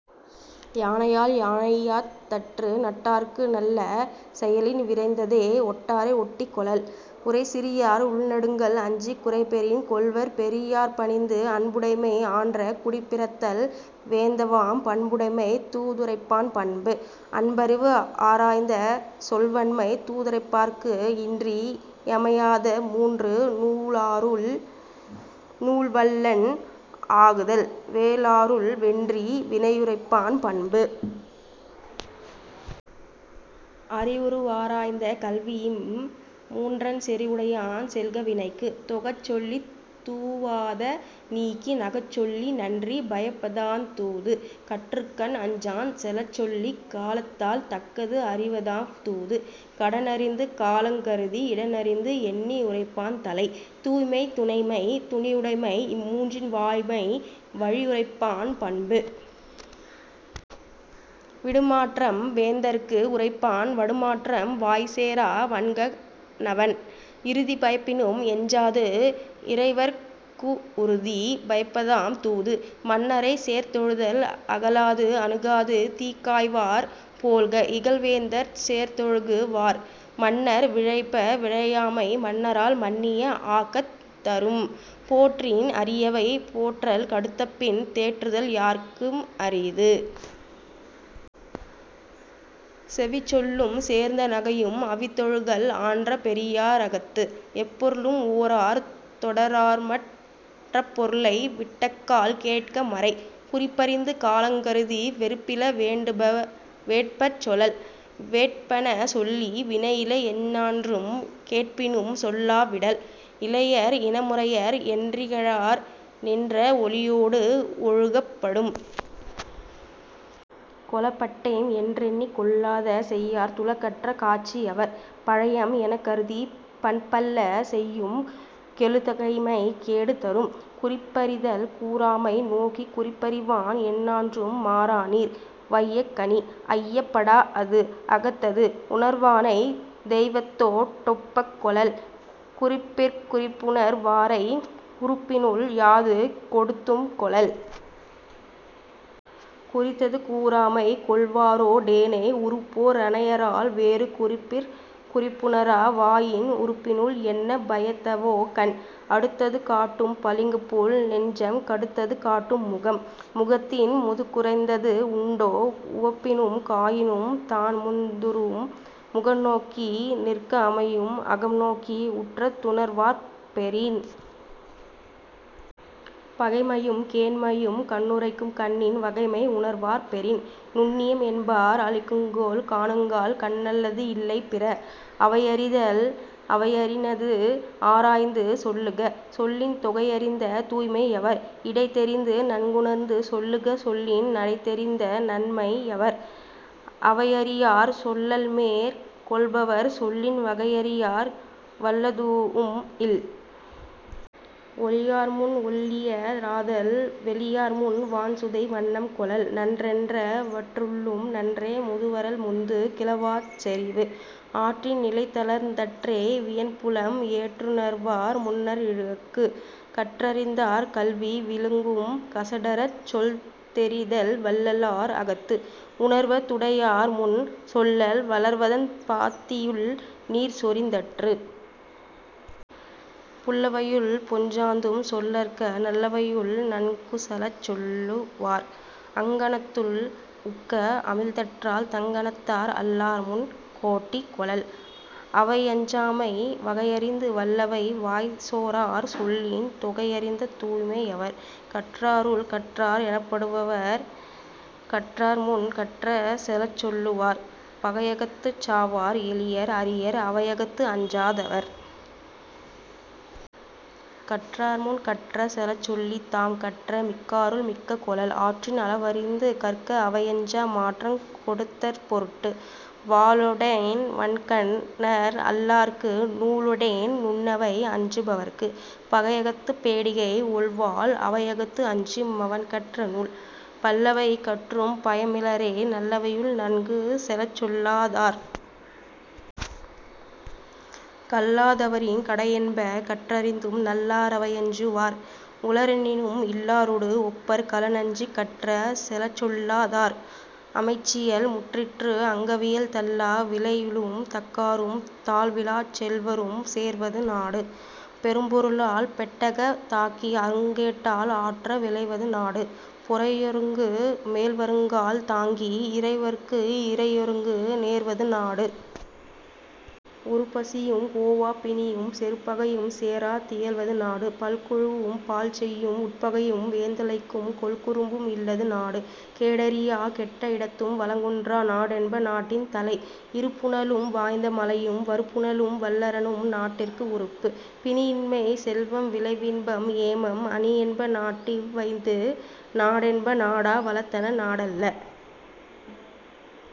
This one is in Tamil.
யானையால் யானையாத் தற்று. நட்டார்க்கு நல்ல செயலின் விரைந்ததே ஒட்டாரை ஒட்டிக் கொளல். உறைசிறியார் உள்நடுங்கல் அஞ்சிக் குறைபெறின் கொள்வர் பெரியார்ப் பணிந்து. அன்புடைமை ஆன்ற குடிப்பிறத்தல் வேந்தவாம் பண்புடைமை தூதுரைப்பான் பண்பு. அன்பறிவு ஆராய்ந்த சொல்வன்மை தூதுரைப்பார்க்கு இன்றி யமையாத மூன்று. நூலாருள் நூல்வல்லன் ஆகுதல் வேலாருள் வென்றி வினையுரைப்பான் பண்பு. அறிவுரு வாராய்ந்த கல்விஇம் மூன்றன் செறிவுடையான் செல்க வினைக்கு. தொகச் சொல்லித் தூவாத நீக்கி நகச்சொல்லி நன்றி பயப்பதாந் தூது. கற்றுக்கண் அஞ்சான் செலச்சொல்லிக் காலத்தால் தக்கது அறிவதாம் தூது. கடனறிந்து காலங் கருதி இடனறிந்து எண்ணி உரைப்பான் தலை. தூய்மை துணைமை துணிவுடைமை இம்மூன்றின் வாய்மை வழியுரைப்பான் பண்பு. விடுமாற்றம் வேந்தர்க்கு உரைப்பான் வடுமாற்றம் வாய்சேரா வன்க ணவன். இறுதி பயப்பினும் எஞ்சாது இறைவற் கு உறுதி பயப்பதாம் தூது.. மன்னரைச் சேர்ந்தொழுதல் அகலாது அணுகாது தீக்காய்வார் போல்க இகல்வேந்தர்ச் சேர்ந்தொழுகு வார். மன்னர் விழைப விழையாமை மன்னரால் மன்னிய ஆக்கந் தரும். போற்றின் அரியவை போற்றல் கடுத்தபின் தேற்றுதல் யார்க்கும் அரியது. செவிச்சொல்லும் சேர்ந்த நகையும் அவித்தொழுகல் ஆன்ற பெரியா ரகத்து. எப்பொருளும் ஓரார் தொடரார்மற் றப்பொருளை விட்டக்கால் கேட்க மறை. குறிப்பறிந்து காலங் கருதி வெறுப்பில வேண்டுப வேட்பச் சொலல். வேட்பன சொல்லி வினையில எஞ்ஞான்றும் கேட்பினும் சொல்லா விடல். இளையர் இனமுறையர் என்றிகழார் நின்ற ஒளியோடு ஒழுகப் படும். கொளப்பட்டேம் என்றெண்ணிக் கொள்ளாத செய்யார் துளக்கற்ற காட்சி யவர். பழையம் எனக்கருதிப் பண்பல்ல செய்யும் கெழுதகைமை கேடு தரும்.. குறிப்பறிதல் கூறாமை நோக்கிக் குறிப்பறிவான் எஞ்ஞான்றும் மாறாநீர் வையக் கணி. ஐயப் படாஅது அகத்தது உணர்வானைத் தெய்வத்தோ டொப்பக் கொளல். குறிப்பிற் குறிப்புணர் வாரை உறுப்பினுள் யாது கொடுத்தும் கொளல். குறித்தது கூறாமைக் கொள்வாரோ டேனை உறுப்போ ரனையரால் வேறு. குறிப்பிற் குறிப்புணரா வாயின் உறுப்பினுள் என்ன பயத்தவோ கண்? அடுத்தது காட்டும் பளிங்குபோல் நெஞ்சம் கடுத்தது காட்டும் முகம். முகத்தின் முதுக்குறைந்தது உண்டோ உவப்பினும் காயினும் தான்முந் துறும். முகம்நோக்கி நிற்க அமையும் அகம்நோக்கி உற்ற துணர்வார்ப் பெறின். பகைமையும் கேண்மையும் கண்ணுரைக்கும் கண்ணின் வகைமை உணர்வார்ப் பெறின். நுண்ணியம் என்பார் அளக்குங்கோல் காணுங்கால் கண்ணல்லது இல்லை பிற.. அவையறிதல் அவையறிநது ஆராய்ந்து சொல்லுக சொல்லின் தொகையறிந்த தூய்மை யவர். இடைதெரிந்து நன்குணர்ந்து சொல்லுக சொல்லின் நடைதெரிந்த நன்மை யவர். அவையறியார் சொல்லல்மேற் கொள்பவர் சொல்லின் வகையறியார் வல்லதூஉம் இல். ஒளியார்முன் ஒள்ளிய ராதல் வெளியார்முன் வான்சுதை வண்ணம் கொளல். நன்றென்ற வற்றுள்ளும் நன்றே முதுவருள் முந்து கிளவாச் செறிவு. ஆற்றின் நிலைதளர்ந் தற்றே வியன்புலம் ஏற்றுணர்வார் முன்னர் இழுக்கு. கற்றறிந்தார் கல்வி விளங்கும் கசடறச் சொல்தெரிதல் வல்லலார் அகத்து. உணர்வ துடையார்முன் சொல்லல் வளர்வதன் பாத்தியுள் நீர்சொரிந் தற்று. புல்லவையுள் பொச்சாந்தும் சொல்லற்க நல்லவையுள் நன்குசலச் சொல்லு வார். அங்கணத்துள் உக்க அமிழ்தற்றால் தங்கணத்தார் அல்லார்முன் கோட்டி கொளல். அவையஞ்சாமை வகையறிந்து வல்லவை வாய்சோரார் சொல்லின் தொகையறிந்த தூய்மை யவர். கற்றாருள் கற்றார் எனப்படுவர் கற்றார்முன் கற்ற செலச்சொல்லு வார். பகையகத்துச் சாவார் எளியர் அரியர் அவையகத்து அஞ்சா தவர். கற்றார்முன் கற்ற செலச்சொல்லித் தாம்கற்ற மிக்காருள் மிக்க கொளல். ஆற்றின் அளவறிந்து கற்க அவையஞ்சா மாற்றங் கொடுத்தற் பொருட்டு. வாளொடென் வன்கண்ணர் அல்லார்க்கு நூலொடென் நுண்ணவை அஞ்சு பவர்க்கு. பகையகத்துப் பேடிகை ஒள்வாள் அவையகத்து அஞ்சு மவன்கற்ற நூல். பல்லவை கற்றும் பயமிலரே நல்லவையுள் நன்கு செலச்சொல்லா தார். கல்லா தவரின் கடையென்ப கற்றறிந்தும் நல்லா ரவையஞ்சு வார். உளரெனினும் இல்லாரொடு ஒப்பர் களன்அஞ்சிக் கற்ற செலச்சொல்லா தார். அமைச்சியல் முற்றிற்று அங்கவியல் தள்ளா விளையுளும் தக்காரும் தாழ்விலாச் செல்வரும் சேர்வது நாடு. பெரும்பொருளால் பெட்டக்க தாகி அருங்கேட்டால் ஆற்ற விளைவது நாடு. பொறையொருங்கு மேல்வருங்கால் தாங்கி இறைவற்கு இறையொருங்கு நேர்வது நாடு. உறுபசியும் ஓவாப் பிணியும் செறுபகையும் சேரா தியல்வது நாடு. பல்குழுவும் பாழ்செய்யும் உட்பகையும் வேந்தலைக்கும் கொல்குறும்பும் இல்லது நாடு. கேடறியாக் கெட்ட இடத்தும் வளங்குன்றா நாடென்ப நாட்டின் தலை. இருபுனலும் வாய்ந்த மலையும் வருபுனலும் வல்லரணும் நாட்டிற்கு உறுப்பு. பிணியின்மை செல்வம் விளைவின்பம் ஏமம் அணியென்ப நாட்டிவ் வைந்து. நாடென்ப நாடா வளத்தன நாடல்ல।